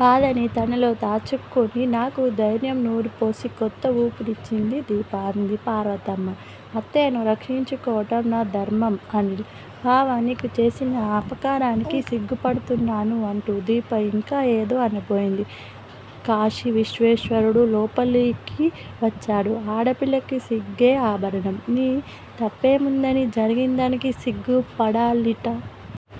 బాధని తనలో దాచుకుని నాకు ధైర్యం నూరుపోసి కొత్తవూపిరి ఇచ్చింది దీప. అంది పార్వతమ్మ. అత్తయ్యని రక్షించుకోవటం నా ధర్మం అనిల్. బావ నీకుచేసిన అపకారానికి సిగ్గుపడుతున్నాను అంటూ దీప యింకా ఏదో అనబోయింది కాశీవిశ్వేశ్వరుడు లోపలికి వచ్చాడు. ఆడపిల్లకి సిగ్గే ఆభరణం. నీ తప్పేముందని జరిగిందానికి సిగ్గుపడాలిట.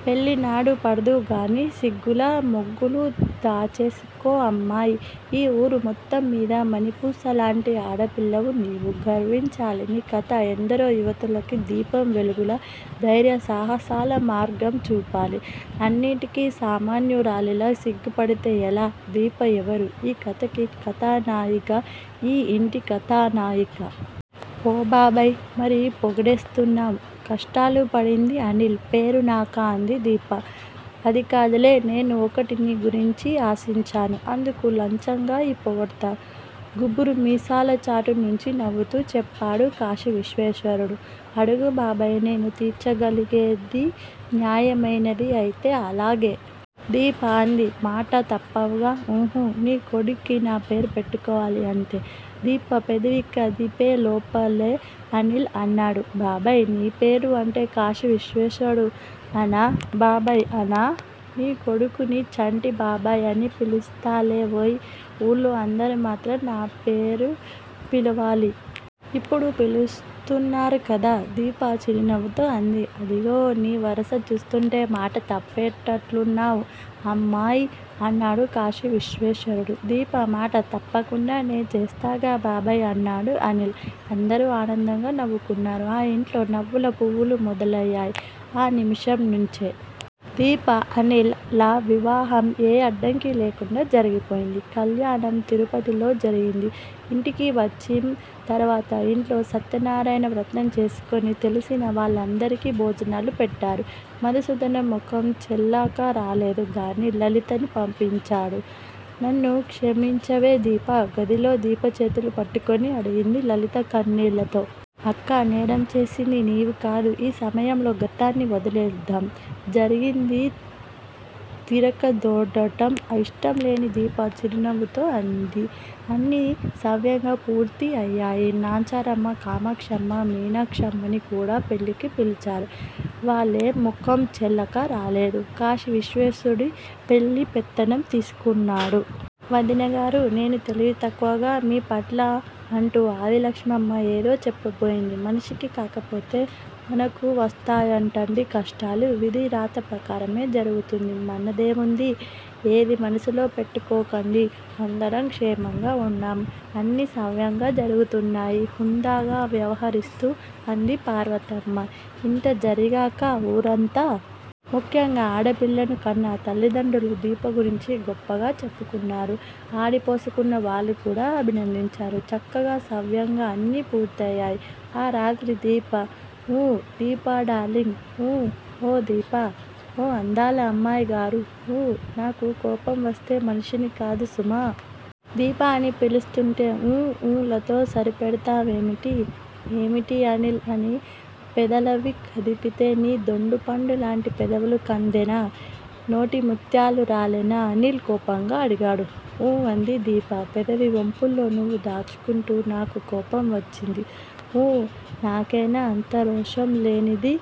పెళ్ళినాడు పడుదువుగాని సిగ్గుల మొగ్గలు దాచేసుకో అమ్మాయ్. ఈవూరు మొత్తంమీద మణిపూసలాంటి ఆడపిల్లవు నీవు. గర్వించాలి. నీ కథ ఎందరో యువతులకి దీపం వెలుగులా ధైర్యసాహసాల మార్గం చూపాలి. అన్నింటికి సామాన్యురాలిలా సిగ్గుపడితే ఎలా. దీప ఎవరు! ఈ కథకి కథానాయిక ఈ యింటి కథానాయిక. ఫో బాబాయ్! మరీ పొగిడేస్తున్నావ్. కష్టాలుపడింది అనిల్. పేరు నాకా అంది దీప. అదికాదులే నేను ఒకటి నీ నుంచి ఆసించాను. అందుకు లంచంగా ఈ పొగడ్త. గుబురు మీసాలచాటు నుంచి నవ్వుతూ చెప్పాడు కాశీవిశ్వేశ్వరుడు. అడుగు బాబాయ్! నేను తీర్చగలిగేది, న్యాయమైనది అయితే అలాగే. దీప అంది. మాట తప్పవుగా. ఉహూ. నీ కొడుక్కి నాపేరు పెట్టుకోవాలి అంతే. దీప పెదవి కదిపే లోపలే అనిల్ అన్నాడు. బాబాయ్, నీ పేరు అంటే కాశీవిశ్వేశ్వరుడు అనా! బాబాయ్ అనా. నీ కొడుకుని చంటి బాబాయ్ అని పిలుస్తాలేవోయ్. వూళ్ళో అందరూ మాత్రం నా పేరు పిలవాలి. ఇప్పుడు పిలుస్తున్నారు కదా! దీప చిరునవ్వుతో అంది. అదిగో నీవరస చూస్తుంటే మాట తప్పేటట్లున్నావు. అమ్మాయ్! అన్నాడు కాశీవిశ్వేశ్వరుడు. దీప మాట తప్పకుండా నే చూస్తాగా బాబాయ్! అన్నాడు అనిల్. అందరూ ఆనందంగా నవ్వుకున్నారు. ఆ యింట్లో నవ్వులు పువ్వులు మొదలయ్యాయి ఆ నిమిషం నుంచే. దీప అనిల్ ల వివాహం ఏ అడ్డంకి లేకుండ జరిగిపోయింది. కళ్యాణం తిరుపతిలో జరిగింది. ఇంటికి వచ్చిం తరువాత ఇంట్లో సత్యనారాయణ వ్రతం చేసుకుని తెలిసిన వాళ్ళందరికి భోజనాలు పెట్టారు. మధుసూదనం ముఖం చెల్లక రాలేదు గాని లలితని పంపించాడు. నన్ను క్షమించవే దీపా! గదిలో దీప చేతులు పట్టుకుని అడిగింది లలిత కన్నీళ్ళతో. అక్కా! నేరం చేసింది నీవు కాదు. ఈ సమయంలో గతాన్ని వదిలేద్దాము. జరిగింది తిరగ దోడటం యిష్టంలేని దీప చిరునవ్వుతో అంది. అన్నీ సవ్యంగా పూర్తి అయాయి. నాంచారమ్మ కామాక్షమ్మ మీనాక్షమ్మని కూడా పెళ్ళికి పిలిచారు. వాళ్ళే ముఖం చెల్లక రాలేదు. కాశీవిశ్వేశ్వరుడు పెళ్ళి పెత్తనం తీసుకున్నాడు. వదినగారూ! నేను తెలివితక్కువగ మీపట్ల! అంటూ ఆదిలక్ష్మమ్మ ఏదో చెప్పబోయింది. మనిషికి కాకపోతే మానుకు వస్తాయటండీ కష్టాలు! విధి రాతప్రకారమే జరుగుతుంది. మనదేముంది. ఏదీ మనసులో పెట్టుకోకండి. అందరం క్షేమంగ వున్నాము. అన్నీ సవ్యంగ జరుగుతున్నాయి. హుందాగ వ్యవహరిస్తూ అంది పార్వతమ్మ. ఇంత జరిగాక. ఊరంతా. ముఖ్యంగా ఆడపిల్లను కన్న తల్లిదండ్రులు దీప గురించి గొప్పగా చెప్పుకున్నారు. ఆడిపోసుకున్న వాళ్ళు కూడా అభినందించారు. చక్కగా సవ్యంగా అన్నీ పూర్తయ్యాయి. ఆ రాత్రి. దీపా! ఊ దీపా డార్లింగ్! ఊ ఓ దీపా. ఓ అందాల అమ్మాయి గారూ. ఊ నాకు కోపం వస్తే మనిషిని కాదు సుమా! దీపా! అని పిలుస్తుంటే ఊ ఊ లతో సరిపెడతావేమిటి? ఏమిటి అనిల్! అని పెదలవి కదిపితే నీ దొండపండు లాంటి పెదవులు కందేనా! నోటి ముత్యాలు రాలేనా అనిల్ కోపంగా అడిగాడు. ఊ అంది దీప పెదవి వొంపులో నవ్వు దాచుకుంటూ. నాకు కోపం వచ్చింది. ఊ నాకేనా అంత రోషం లేనిది.